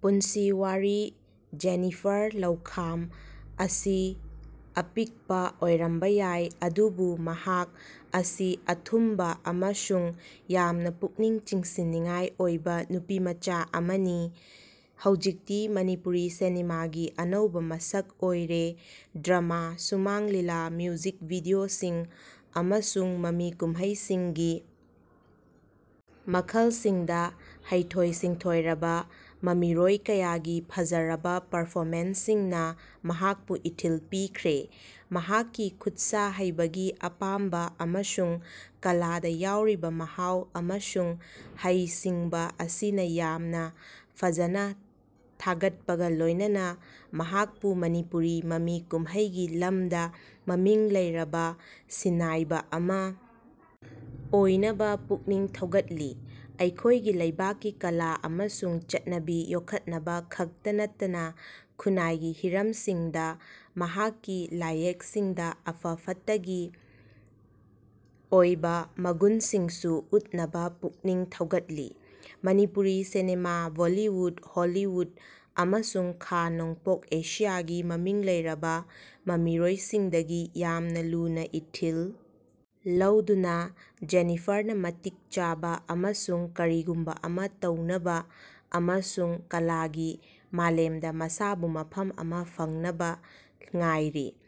ꯄꯨꯟꯁꯤ ꯋꯥꯔꯤ ꯖꯦꯅꯤꯐꯔ ꯂꯧꯈꯥꯝ ꯑꯁꯤ ꯑꯄꯤꯛꯄ ꯑꯣꯏꯔꯝꯕ ꯌꯥꯏ ꯑꯗꯨꯕꯨ ꯃꯍꯥꯛ ꯑꯁꯤ ꯑꯊꯨꯝꯕ ꯑꯃꯁꯨꯡ ꯌꯥꯝꯅ ꯄꯨꯛꯅꯤꯡ ꯆꯤꯡꯁꯤꯟꯅꯤꯡꯉꯥꯏ ꯑꯣꯏꯕ ꯅꯨꯄꯤꯃꯆꯥ ꯑꯃꯅꯤ, ꯍꯧꯖꯤꯛꯇꯤ ꯃꯅꯤꯄꯨꯔꯤ ꯁꯤꯅꯦꯃꯥꯒꯤ ꯑꯅꯧꯕ ꯃꯁꯛ ꯑꯣꯏꯔꯦ꯫ ꯗ꯭ꯔꯃꯥ, ꯁꯨꯃꯥꯡ ꯂꯤꯂꯥ, ꯃ꯭ꯌꯨꯖꯤꯛ ꯚꯤꯗꯤꯑꯣꯁꯤꯡ ꯑꯃꯁꯨꯡ ꯃꯃꯤ ꯀꯨꯝꯍꯩꯁꯤꯡꯒꯤ ꯃꯈꯜꯁꯤꯡꯗ ꯍꯩꯊꯣꯏ-ꯁꯤꯡꯊꯣꯏꯔꯕ ꯃꯃꯤꯔꯣꯏ ꯀꯌꯥꯒꯤ ꯐꯖꯔꯕ ꯄꯔꯐꯣꯃꯦꯟꯁꯁꯤꯡꯅ ꯃꯍꯥꯛꯄꯨ ꯏꯊꯤꯜ ꯄꯤꯈ꯭ꯔꯦ꯫ ꯃꯍꯥꯛꯀꯤ ꯈꯨꯠꯁꯥ ꯍꯩꯕꯒꯤ ꯑꯄꯥꯝꯕ ꯑꯃꯁꯨꯡ ꯀꯂꯥꯗ ꯌꯥꯎꯔꯤꯕ ꯃꯍꯥꯎ ꯑꯃꯁꯨꯡ ꯍꯩꯁꯤꯡꯕ ꯑꯁꯤꯅ ꯌꯥꯝꯅ ꯐꯖꯅ ꯊꯥꯒꯠꯄꯒ ꯂꯣꯏꯅꯅ, ꯃꯍꯥꯛꯄꯨ ꯃꯅꯤꯄꯨꯔꯤ ꯃꯃꯤ ꯀꯨꯝꯍꯩꯒꯤ ꯂꯝꯗ ꯃꯃꯤꯡ ꯂꯩꯔꯕ ꯁꯤꯟꯅꯥꯏꯕ ꯑꯃ ꯑꯣꯏꯅꯕ ꯄꯨꯛꯅꯤꯡ ꯊꯧꯒꯠꯂꯤ꯫ꯑꯩꯈꯣꯏꯒꯤ ꯂꯩꯕꯥꯛꯀꯤ ꯀꯂꯥ ꯑꯃꯁꯨꯡ ꯆꯠꯅꯕꯤ ꯌꯣꯛꯈꯠꯅꯕ ꯈꯛꯇ ꯅꯠꯇꯅ ꯈꯨꯟꯅꯥꯏꯒꯤ ꯍꯤꯔꯝꯁꯤꯡꯗ ꯃꯍꯥꯛꯀꯤ ꯂꯥꯏꯌꯦꯛꯁꯤꯡꯗ ꯑꯐ-ꯐꯠꯇꯒꯤ ꯑꯣꯏꯕ ꯃꯒꯨꯟꯁꯤꯡꯁꯨ ꯎꯠꯅꯕ ꯄꯨꯛꯅꯤꯡ ꯊꯧꯒꯠꯂꯤ꯫ ꯃꯅꯤꯄꯨꯔꯤ ꯁꯤꯅꯦꯃꯥ, ꯕꯣꯂꯤꯋꯨꯠ, ꯍꯣꯂꯤꯋꯨꯠ ꯑꯃꯁꯨꯡ ꯈꯥ-ꯅꯣꯡꯄꯣꯛ ꯑꯦꯁꯤꯌꯥꯒꯤ ꯃꯃꯤꯡ ꯂꯩꯔꯕ ꯃꯃꯤꯔꯣꯏꯁꯤꯡꯗꯒꯤ ꯌꯥꯝꯅ ꯂꯨꯅ ꯏꯊꯤꯜ ꯂꯧꯗꯨꯅ, ꯖꯦꯅꯤꯐꯔꯅ ꯃꯇꯤꯛ ꯆꯥꯕ ꯑꯃꯁꯨꯡ ꯀꯔꯤꯒꯨꯝꯕ ꯑꯃ ꯇꯧꯅꯕ ꯑꯃꯁꯨꯡ ꯀꯂꯥꯒꯤ ꯃꯥꯂꯦꯝꯗ ꯃꯁꯥꯕꯨ ꯃꯐꯝ ꯑꯃ ꯐꯪꯅꯕ ꯉꯥꯏꯔꯤ꯫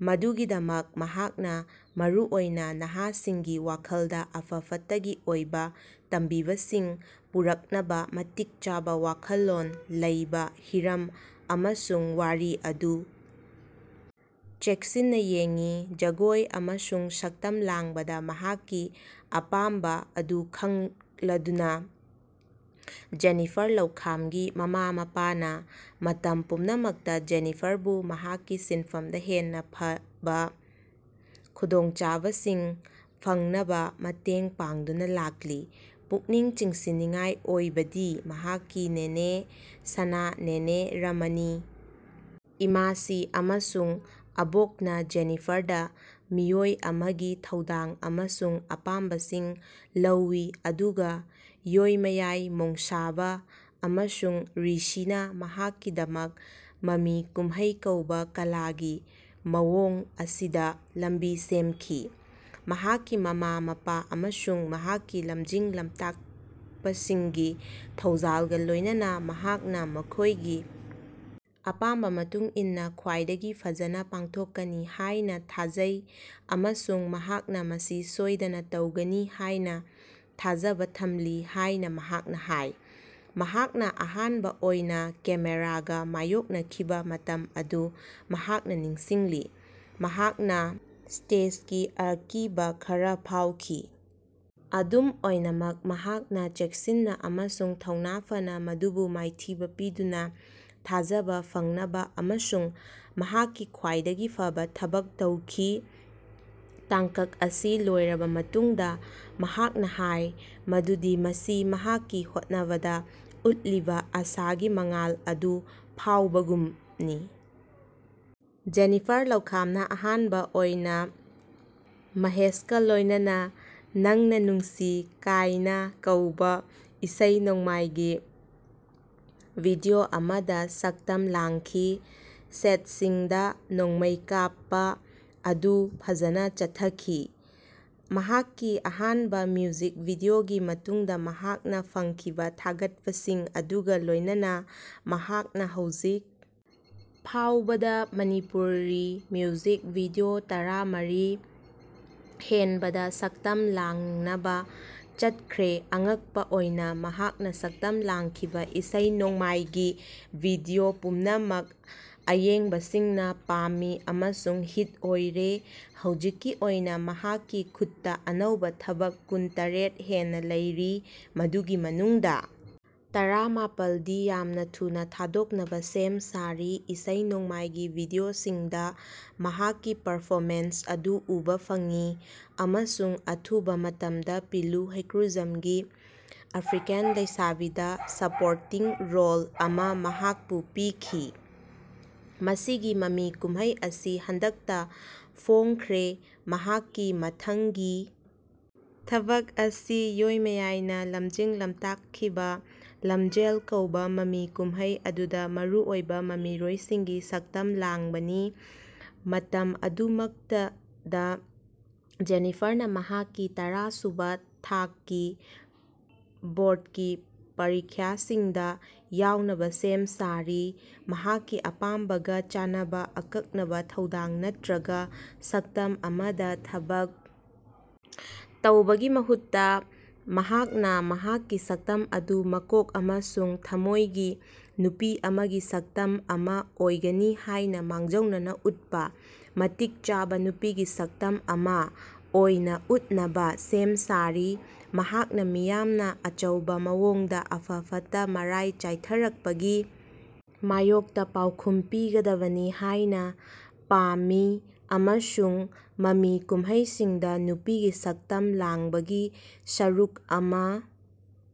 ꯃꯗꯨꯒꯤꯗꯃꯛ, ꯃꯍꯥꯛꯅ ꯃꯔꯨꯑꯣꯏꯅ ꯅꯍꯥꯁꯤꯡꯒꯤ ꯋꯥꯈꯜꯗ ꯑꯐ-ꯐꯠꯇꯒꯤ ꯑꯣꯏꯕ ꯇꯝꯕꯤꯕꯁꯤꯡ ꯄꯨꯔꯛꯅꯕ ꯃꯇꯤꯛ ꯆꯥꯕ ꯋꯥꯈꯜꯂꯣꯟ ꯂꯩꯕ ꯍꯤꯔꯝ ꯑꯃꯁꯨꯡ ꯋꯥꯔꯤ ꯑꯗꯨ ꯆꯦꯛꯁꯤꯟꯅ ꯌꯦꯡꯉꯤ꯫ ꯖꯒꯣꯏ ꯑꯃꯁꯨꯡ ꯁꯛꯇꯝ ꯂꯥꯡꯕꯗ ꯃꯍꯥꯛꯀꯤ ꯑꯄꯥꯝꯕ ꯑꯗꯨ ꯈꯪꯂꯗꯨꯅ, ꯖꯦꯅꯤꯐꯔ ꯂꯧꯈꯥꯝꯒꯤ ꯃꯃꯥ-ꯃꯄꯥꯅ ꯃꯇꯝ ꯄꯨꯝꯅꯃꯛꯇ ꯖꯦꯅꯤꯐꯔꯕꯨ ꯃꯍꯥꯛꯀꯤ ꯁꯤꯟꯐꯝꯗ ꯍꯦꯟꯅ ꯐꯕ ꯈꯨꯗꯣꯡꯆꯥꯕꯁꯤꯡ ꯐꯪꯅꯕ ꯃꯇꯦꯡ ꯄꯥꯡꯗꯨꯅ ꯂꯥꯛꯂꯤ꯫ ꯄꯨꯛꯅꯤꯡ ꯆꯤꯡꯁꯤꯟꯅꯤꯡꯉꯥꯏ ꯑꯣꯏꯕꯗꯤ ꯃꯍꯥꯛꯀꯤ ꯅꯦꯅꯦ ꯁꯅꯥ, ꯅꯦꯅꯦ ꯔꯃꯅꯤ, ꯏꯃꯥꯁꯤ ꯑꯃꯁꯨꯡ ꯑꯕꯣꯛꯅ ꯖꯦꯅꯤꯐꯔꯗ ꯃꯤꯑꯣꯏ ꯑꯃꯒꯤ ꯊꯧꯗꯥꯡ ꯑꯃꯁꯨꯡ ꯑꯄꯥꯝꯕꯁꯤꯡ ꯂꯧꯋꯤ ꯑꯗꯨꯒ ꯌꯣꯏꯃꯥꯌꯥꯏ ꯃꯣꯡꯁꯥꯕꯥ ꯑꯃꯁꯨꯡ ꯔꯤꯁꯤꯅ ꯃꯍꯥꯛꯀꯤꯗꯃꯛ ꯃꯃꯤ ꯀꯨꯝꯍꯩ ꯀꯧꯕ ꯀꯂꯥꯒꯤ ꯃꯑꯣꯡ ꯑꯁꯤꯗ ꯂꯝꯕꯤ ꯁꯦꯝꯈꯤ꯫ ꯃꯍꯥꯛꯀꯤ ꯃꯃꯥ-ꯃꯄꯥ ꯑꯃꯁꯨꯡ ꯃꯍꯥꯛꯀꯤ ꯂꯝꯖꯤꯡ-ꯂꯝꯇꯥꯛꯄꯁꯤꯡꯒꯤ ꯊꯧꯖꯥꯜꯒ ꯂꯣꯏꯅꯅ, ꯃꯍꯥꯛꯅ ꯃꯈꯣꯏꯒꯤ ꯑꯄꯥꯝꯕ ꯃꯇꯨꯡ ꯏꯟꯅ ꯈ꯭ꯋꯥꯏꯗꯒꯤ ꯐꯖꯅ ꯄꯥꯡꯊꯣꯛꯀꯅꯤ ꯍꯥꯏꯅ ꯊꯥꯖꯩ ꯑꯃꯁꯨꯡ ꯃꯍꯥꯛꯅ ꯃꯁꯤ ꯁꯣꯏꯗꯅ ꯇꯧꯒꯅꯤ ꯍꯥꯏꯅ ꯊꯥꯖꯕ ꯊꯝꯂꯤ ꯍꯥꯏꯅ ꯃꯍꯥꯛꯅ ꯍꯥꯏ꯫ ꯃꯍꯥꯛꯅ ꯑꯍꯥꯟꯕ ꯑꯣꯏꯅ ꯀꯦꯃꯦꯔꯥꯒ ꯃꯥꯌꯣꯛꯅꯈꯤꯕ ꯃꯇꯝ ꯑꯗꯨ ꯃꯍꯥꯛꯅ ꯅꯤꯡꯁꯤꯡꯉꯤ꯫ ꯃꯍꯥꯛꯅ 'ꯁ꯭ꯇꯦꯖꯀꯤ ꯑꯀꯤꯕ' ꯈꯔ ꯐꯥꯎꯈꯤ, ꯑꯗꯨꯝ ꯑꯣꯏꯅꯃꯛ ꯃꯍꯥꯛꯅ ꯆꯦꯛꯁꯤꯟꯅ ꯑꯃꯁꯨꯡ ꯊꯧꯅꯥ ꯐꯅ ꯃꯗꯨꯕꯨ ꯃꯥꯏꯊꯤꯕ ꯄꯤꯗꯨꯅ ꯊꯥꯖꯕ ꯐꯪꯅꯕ ꯑꯃꯁꯨꯡ ꯃꯍꯥꯛꯀꯤ ꯈ꯭ꯋꯥꯏꯗꯒꯤ ꯐꯕ ꯊꯕꯛ ꯇꯧꯈꯤ꯫ ꯇꯥꯡꯀꯛ ꯑꯁꯤ ꯂꯣꯏꯔꯕ ꯃꯇꯨꯡꯗ, ꯃꯍꯥꯛꯅ ꯍꯥꯏ ꯃꯗꯨꯗꯤ ꯃꯁꯤ "ꯃꯍꯥꯛꯀꯤ ꯍꯣꯠꯅꯕꯗ ꯎꯠꯂꯤꯕ ꯑꯁꯥꯒꯤ ꯃꯉꯥꯜ ꯑꯗꯨ ꯐꯥꯎꯕꯒꯨꯝꯅꯤ"꯫ ꯖꯦꯅꯤꯐꯔ ꯂꯧꯈꯥꯝꯅ ꯑꯍꯥꯟꯕ ꯑꯣꯏꯅ ꯃꯍꯦꯁꯀ ꯂꯣꯏꯅꯅꯥ 'ꯅꯪꯅꯥ ꯅꯨꯡꯁꯤ ꯀꯥꯏꯅꯥ' ꯀꯧꯕ ꯏꯁꯩ-ꯅꯣꯡꯃꯥꯏꯒꯤ ꯚꯤꯗꯤꯑꯣ ꯑꯃꯗ ꯁꯛꯇꯝ ꯂꯥꯡꯈꯤ꯫ ꯁꯦꯠꯁꯤꯡꯗ ꯅꯣꯡꯃꯩ ꯀꯥꯞꯄ ꯑꯗꯨ ꯐꯖꯅ ꯆꯠꯊꯈꯤ꯫ ꯃꯍꯥꯛꯀꯤ ꯑꯍꯥꯟꯕ ꯃ꯭ꯌꯨꯖꯤꯛ ꯚꯤꯗꯤꯑꯣꯒꯤ ꯃꯇꯨꯡꯗ ꯃꯍꯥꯛꯅ ꯐꯪꯈꯤꯕ ꯊꯥꯒꯠꯄꯁꯤꯡ ꯑꯗꯨꯒ ꯂꯣꯏꯅꯅ, ꯃꯍꯥꯛꯅ ꯍꯧꯖꯤꯛ ꯐꯥꯎꯕꯗ ꯃꯅꯤꯄꯨꯔꯤ ꯃ꯭ꯌꯨꯖꯤꯛ ꯚꯤꯗꯤꯑꯣ ꯇꯔꯥꯃꯔꯤ ꯍꯦꯟꯕꯗ ꯁꯛꯇꯝ ꯂꯥꯡꯅꯕ ꯆꯠꯈ꯭ꯔꯦ꯫ ꯑꯉꯛꯄ ꯑꯣꯏꯅ, ꯃꯍꯥꯛꯅ ꯁꯛꯇꯝ ꯂꯥꯡꯈꯤꯕ ꯏꯁꯩ-ꯅꯣꯡꯃꯥꯏꯒꯤ ꯚꯤꯗꯤꯑꯣ ꯄꯨꯝꯅꯃꯛ ꯑꯌꯦꯡꯕꯁꯤꯡꯅ ꯄꯥꯝꯃꯤ ꯑꯃꯁꯨꯡ ꯍꯤꯠ ꯑꯣꯏꯔꯦ꯫ ꯍꯧꯖꯤꯛꯀꯤ ꯑꯣꯏꯅ ꯃꯍꯥꯛꯀꯤ ꯈꯨꯠꯇ ꯑꯅꯧꯕ ꯊꯕꯛ ꯀꯨꯟꯇꯔꯦꯠ ꯍꯦꯟꯅ ꯂꯩꯔꯤ ꯃꯗꯨꯒꯤ ꯃꯅꯨꯡꯗ ꯇꯔꯥꯃꯥꯄꯜꯗꯤ ꯌꯥꯝꯅ ꯊꯨꯅ ꯊꯥꯗꯣꯛꯅꯕ ꯁꯦꯝ ꯁꯥꯔꯤ꯫ ꯏꯁꯩ-ꯅꯣꯡꯃꯥꯏꯒꯤ ꯚꯤꯗꯤꯑꯣꯁꯤꯡꯗ ꯃꯍꯥꯛꯀꯤ ꯄꯔꯐꯣꯃꯦꯟꯁ ꯑꯗꯨ ꯎꯕ ꯐꯪꯉꯤ ꯑꯃꯁꯨꯡ ꯑꯊꯨꯕ ꯃꯇꯝꯗ ꯄꯤꯂꯨ ꯍꯩꯒ꯭ꯔꯨꯖꯝꯒꯤ "ꯑꯐ꯭ꯔꯤꯀꯥꯟ ꯂꯩꯁꯥꯕꯤ"ꯗ ꯁꯄꯣꯔꯇꯤꯡ ꯔꯣꯜ ꯑꯃ ꯃꯍꯥꯛꯄꯨ ꯄꯤꯈꯤ꯫ ꯃꯁꯤꯒꯤ ꯃꯃꯤ ꯀꯨꯝꯍꯩ ꯑꯁꯤ ꯍꯟꯗꯛꯇ ꯐꯣꯡꯈ꯭ꯔꯦ꯫ ꯃꯍꯥꯛꯀꯤ ꯃꯊꯪꯒꯤ ꯊꯕꯛ ꯑꯁꯤ ꯌꯣꯏꯃꯥꯌꯥꯏꯅ ꯂꯝꯖꯤꯡ-ꯂꯝꯇꯥꯛꯈꯤꯕ 'ꯂꯝꯖꯦꯜ' ꯀꯧꯕ ꯃꯃꯤ ꯀꯨꯝꯍꯩ ꯑꯗꯨꯗ ꯃꯔꯨꯑꯣꯏꯕ ꯃꯃꯤꯔꯣꯏꯒꯤ ꯁꯛꯇꯝ ꯂꯥꯡꯕꯅꯤ꯫ ꯃꯇꯝ ꯑꯗꯨꯃꯛꯇꯗ, ꯖꯦꯅꯤꯐꯔꯅ ꯃꯍꯥꯛꯀꯤ ꯇꯔꯥꯁꯨꯕ ꯊꯥꯛꯀꯤ ꯕꯣ꯭ꯔꯠꯀꯤ ꯄꯔꯤꯈꯥꯁꯤꯡꯗ ꯌꯥꯎꯅꯕ ꯁꯦꯝ ꯁꯥꯔꯤ꯫ ꯃꯍꯥꯛꯀꯤ ꯑꯄꯥꯝꯕꯒ ꯆꯥꯅꯕ ꯑꯀꯛꯅꯕ ꯊꯧꯗꯥꯡ ꯅꯠꯇ꯭ꯔꯒ ꯁꯛꯇꯝ ꯑꯃꯗ ꯊꯕꯛ ꯇꯧꯕꯒꯤ ꯃꯍꯨꯠꯇ, ꯃꯍꯥꯛꯅ ꯃꯍꯥꯛꯀꯤ ꯁꯛꯇꯝ ꯑꯗꯨ ꯃꯀꯣꯛ ꯑꯃꯁꯨꯡ ꯊꯃꯣꯏꯒꯤ ꯅꯨꯄꯤ ꯑꯃꯒꯤ ꯁꯛꯇꯝ ꯑꯃ ꯑꯣꯏꯒꯅꯤ ꯍꯥꯏꯅ ꯃꯥꯡꯖꯧꯅꯅ ꯎꯠꯄ ꯃꯇꯤꯛ ꯆꯥꯕ ꯅꯨꯄꯤꯒꯤ ꯁꯛꯇꯝ ꯑꯃ ꯑꯣꯏꯅ ꯎꯠꯅꯕ ꯁꯦꯝ ꯁꯥꯔꯤ꯫ ꯃꯍꯥꯛꯅ ꯃꯤꯌꯥꯝꯅ ꯑꯆꯧꯕ ꯃꯑꯣꯡꯗ ꯑꯐ-ꯐꯠꯇ ꯃꯔꯥꯏ ꯆꯥꯏꯊꯔꯛꯄꯒꯤ ꯃꯥꯌꯣꯛꯇ ꯄꯥꯎꯈꯨꯝ ꯄꯤꯒꯗꯕꯅꯤ ꯍꯥꯏꯅ ꯄꯥꯝꯃꯤ ꯑꯃꯁꯨꯡ ꯃꯃꯤ ꯀꯨꯝꯍꯩꯁꯤꯡꯗ ꯅꯨꯄꯤꯒꯤ ꯁꯛꯇꯝ ꯂꯥꯡꯕꯒꯤ ꯁꯔꯨꯛ ꯑꯃ